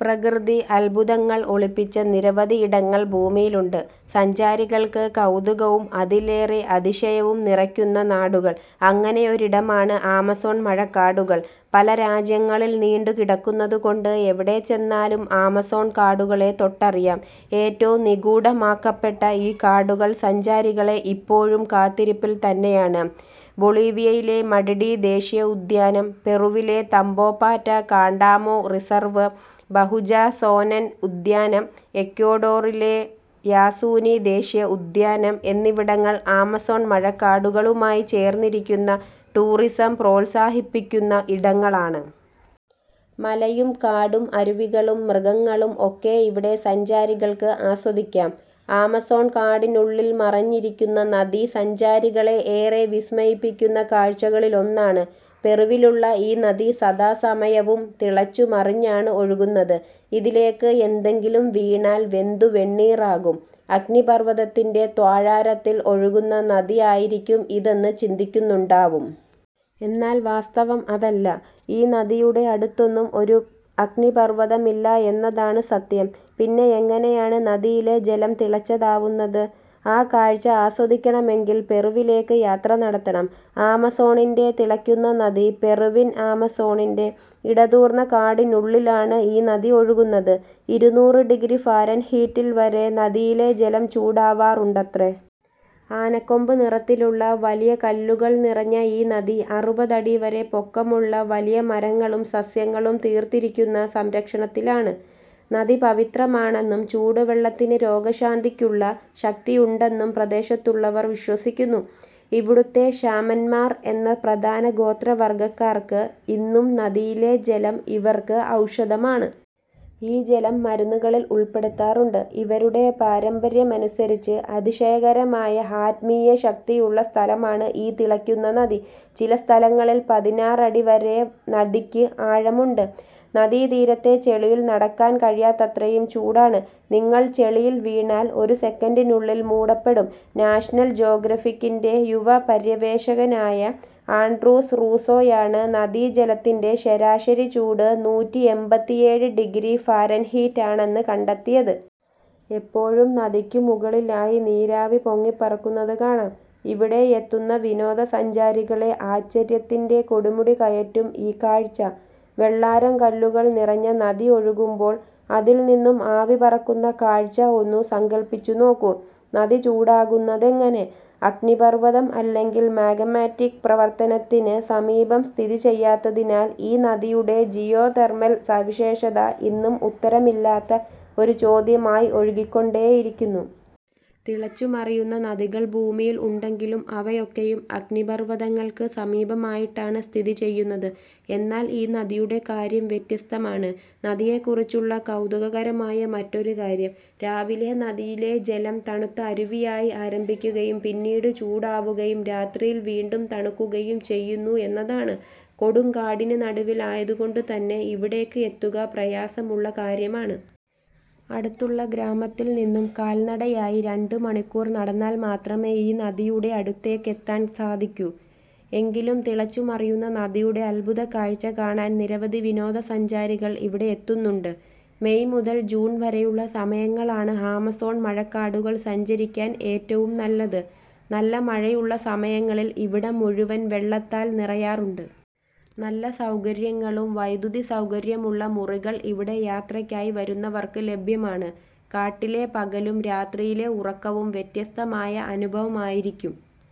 പ്രകൃതി അദ്ഭുതങ്ങൾ ഒളിപ്പിച്ച നിരവധിയിടങ്ങൾ ഭൂമിയിലുണ്ട്. സഞ്ചാരികൾക്ക് കൗതുകവും അതിലേറെ അതിശയവും നിറയ്ക്കുന്ന നാടുകൾ. അങ്ങനെയൊരിടമാണ് ആമസോൺ മഴക്കാടുകൾ. പല രാജ്യങ്ങളിൽ നീണ്ടു കിടക്കുന്നതു കൊണ്ട് എവിടെ ചെന്നാലും ആമസോൺ കാടുകളെ തൊട്ടറിയാം. ഏറ്റവും നിഗൂഢമാക്കപ്പെട്ട ഈ കാടുകൾ സഞ്ചാരികളെ ഇപ്പോഴും കാത്തിരിപ്പിൽ തന്നെയാണ്. ബൊളീവിയയിലെ മടിടി ദേശീയ ഉദ്യാനം, പെറുവിലെ Tambopata Candamo reserve, Bahuaja Sonene ഉദ്യാനം, എക്വഡോറിലെ യാസുനി ദേശീയ ഉദ്യാനം എന്നിവിടങ്ങൾ ആമസോൺ മഴക്കാടുകളുമായി ചേർന്നിരിക്കുന്ന ടൂറിസം പ്രോത്സാഹിപ്പിക്കുന്ന ഇടങ്ങളാണ്. മലയും കാടും, അരുവികളും മൃഗങ്ങളും ഒക്കെ ഇവിടെ സഞ്ചാരികൾക്ക് ആസ്വദിക്കാം. ആമസോൺ കാടിനുള്ളിൽ മറഞ്ഞിരിക്കുന്ന നദി സഞ്ചാരികളെ ഏറെ വിസ്മയിപ്പിക്കുന്ന കാഴ്ചകളിലൊന്നാണ്. പെറുവിലുള്ള ഈ നദി സദാസമയവും തിളച്ചു മറിഞ്ഞാണ് ഒഴുകുന്നത്. ഇതിലേക്ക് എന്തെങ്കിലും വീണാൽ വെന്തു വെണ്ണീറാകും. അഗ്നിപർവതത്തിന്റെ താഴ്വാരത്തിൽ ഒഴുകുന്ന നദി ആയിരിക്കും ഇതെന്ന് ചിന്തിക്കുന്നുണ്ടാവും. എന്നാൽ വാസ്തവം അതല്ല, ഈ നദിയുടെ അടുത്തൊന്നും ഒരു അഗ്നിപർവതമില്ല എന്നതാണ് സത്യം. പിന്നെയെങ്ങനെയാണ് നദിയിലെ ജലം തിളച്ചതാവുന്നത്? ആ കാഴ്ച ആസ്വദിക്കണമെങ്കിൽ പെറുവിലേക്ക് യാത്ര നടത്തണം. ആമസോണിന്റെ തിളക്കുന്ന നദി പെറുവിയൻ ആമസോണിന്റെ ഇടതൂർന്നകാടിനുള്ളിലാണ് ഈ നദി ഒഴുകുന്നത്. ഇരുനൂറ് ഡിഗ്രി ഫാരൻഹീറ്റിൽ വരെ നദിയിലെ ജലം ചൂടാവാറുണ്ടത്രേ. ആനക്കൊമ്പ് നിറത്തിലുള്ള വലിയ കല്ലുകൾ നിറഞ്ഞ ഈ നദി അറുപത് അടി വരെ പൊക്കമുള്ള വലിയ മരങ്ങളും സസ്യങ്ങളും തീർത്തിരിക്കുന്ന സംരക്ഷണത്തിലാണ്. നദി പവിത്രമാണെന്നും ചൂടുവെള്ളത്തിന് രോഗശാന്തിക്കുള്ള ശക്തിയുണ്ടെന്നും പ്രദേശത്തുള്ളവർ വിശ്വസിക്കുന്നു. ഇവിടുത്തെ ഷാമന്മാർ എന്ന പ്രധാന ഗോത്രവർഗ്ഗക്കാർക്ക് ഇന്നും നദിയിലെ ജലം ഇവർക്ക് ഔഷധമാണ്. ഈ ജലം മരുന്നുകളിൽ ഉൾപ്പെടുത്താറുണ്ട്. ഇവരുടെ പാരമ്പര്യമനുസരിച്ച്, അതിശയകരമായ ആത്മീയ ശക്തിയുള്ള സ്ഥലമാണ് ഈ തിളക്കുന്ന നദി. ചില സ്ഥലങ്ങളിൽ പതിനാറ് അടി വരെ നദിക്ക് ആഴമുണ്ട്. നദീതീരത്തെ ചെളിയിൽ നടക്കാൻ കഴിയാത്തത്രയും ചൂടാണ്. നിങ്ങൾ ചെളിയിൽ വീണാൽ ഒരു സെക്കൻഡിനുള്ളിൽ മൂടപ്പെടും. നാഷണൽ ജോഗ്രഫിക്കിന്റെ യുവ പര്യവേഷകനായ ആൻഡ്രൂസ് റൂസോയാണ് നദി ജലത്തിന്റെ ശരാശരി ചൂട് നൂറ്റിഎമ്പത്തിയേഴ് ഡിഗ്രി ഫാരൻഹീറ്റ് ആണെന്ന് കണ്ടെത്തിയത്. എപ്പോഴും നദിക്കു മുകളിലായി നീരാവി പൊങ്ങി പറക്കുന്നത് കാണാം. ഇവിടെ എത്തുന്ന വിനോദസഞ്ചാരികളെ ആശ്ചര്യത്തിന്റെ കൊടുമുടി കയറ്റും ഈ കാഴ്ച. വെള്ളാരം കല്ലുകൾ നിറഞ്ഞ നദി ഒഴുകുമ്പോൾ അതിൽ നിന്നും ആവിപറക്കുന്ന കാഴ്ച ഒന്ന് സങ്കൽപ്പിച്ചു നോക്കൂ. നദി ചൂടാകുന്നതെങ്ങനെ. അഗ്നിപർവ്വതം അല്ലെങ്കിൽ മാഗ്മാറ്റിക് പ്രവർത്തനത്തിന് സമീപം സ്ഥിതിചെയ്യാത്തതിനാൽ ഈ നദിയുടെ ജിയോതെർമൽ സവിശേഷത ഇന്നും ഉത്തരമില്ലാത്ത ഒരു ചോദ്യമായി ഒഴുകിക്കൊണ്ടേയിരിക്കുന്നു. തിളച്ചുമറിയുന്ന നദികൾ ഭൂമിയിൽ ഉണ്ടെങ്കിലും അവയൊക്കെയും അഗ്നിപർവ്വതങ്ങൾക്ക് സമീപമായിട്ടാണ് സ്ഥിതി ചെയ്യുന്നത്. എന്നാൽ ഈ നദിയുടെ കാര്യം വ്യത്യസ്തമാണ്. നദിയെക്കുറിച്ചുള്ള കൗതുകകരമായ മറ്റൊരു കാര്യം, രാവിലെ നദിയിലെ ജലം തണുത്ത അരുവിയായി ആരംഭിക്കുകയും പിന്നീട് ചൂടാവുകയും രാത്രിയിൽ വീണ്ടും തണുക്കുകയും ചെയ്യുന്നു എന്നതാണ്. കൊടും കാടിന് നടുവിൽ ആയതുകൊണ്ടുതന്നെ ഇവിടേക്ക് എത്തുക പ്രയാസമുള്ള കാര്യമാണ്. അടുത്തുള്ള ഗ്രാമത്തിൽ നിന്നും കാൽനടയായി രണ്ടുമണിക്കൂർ നടന്നാൽ മാത്രമേ ഈ നദിയുടെ അടുത്തേക്ക് എത്താൻ സാധിക്കൂ. എങ്കിലും തിളച്ചുമറിയുന്ന നദിയുടെ അദ്ഭുത കാഴ്ച കാണാൻ നിരവധി വിനോദസഞ്ചാരികൾ ഇവിടെ എത്തുന്നുണ്ട്. മെയ് മുതൽ ജൂൺ വരെയുള്ള സമയങ്ങളാണ് ആമസോൺ മഴക്കാടുകൾ സഞ്ചരിക്കാൻ ഏറ്റവും നല്ലത്. നല്ല മഴയുള്ള സമയങ്ങളിൽ ഇവിടം മുഴുവൻ വെള്ളത്താൽ നിറയാറുണ്ട്. നല്ല സൗകര്യങ്ങളും വൈദ്യുതി സൗകര്യവുമുള്ള മുറികൾ ഇവിടെ യാത്രയ്ക്കായി വരുന്നവർക്ക് ലഭ്യമാണ്. കാട്ടിലെ പകലും രാത്രിയിലെ ഉറക്കവും വ്യത്യസ്തമായ അനുഭവമായിരിക്കും.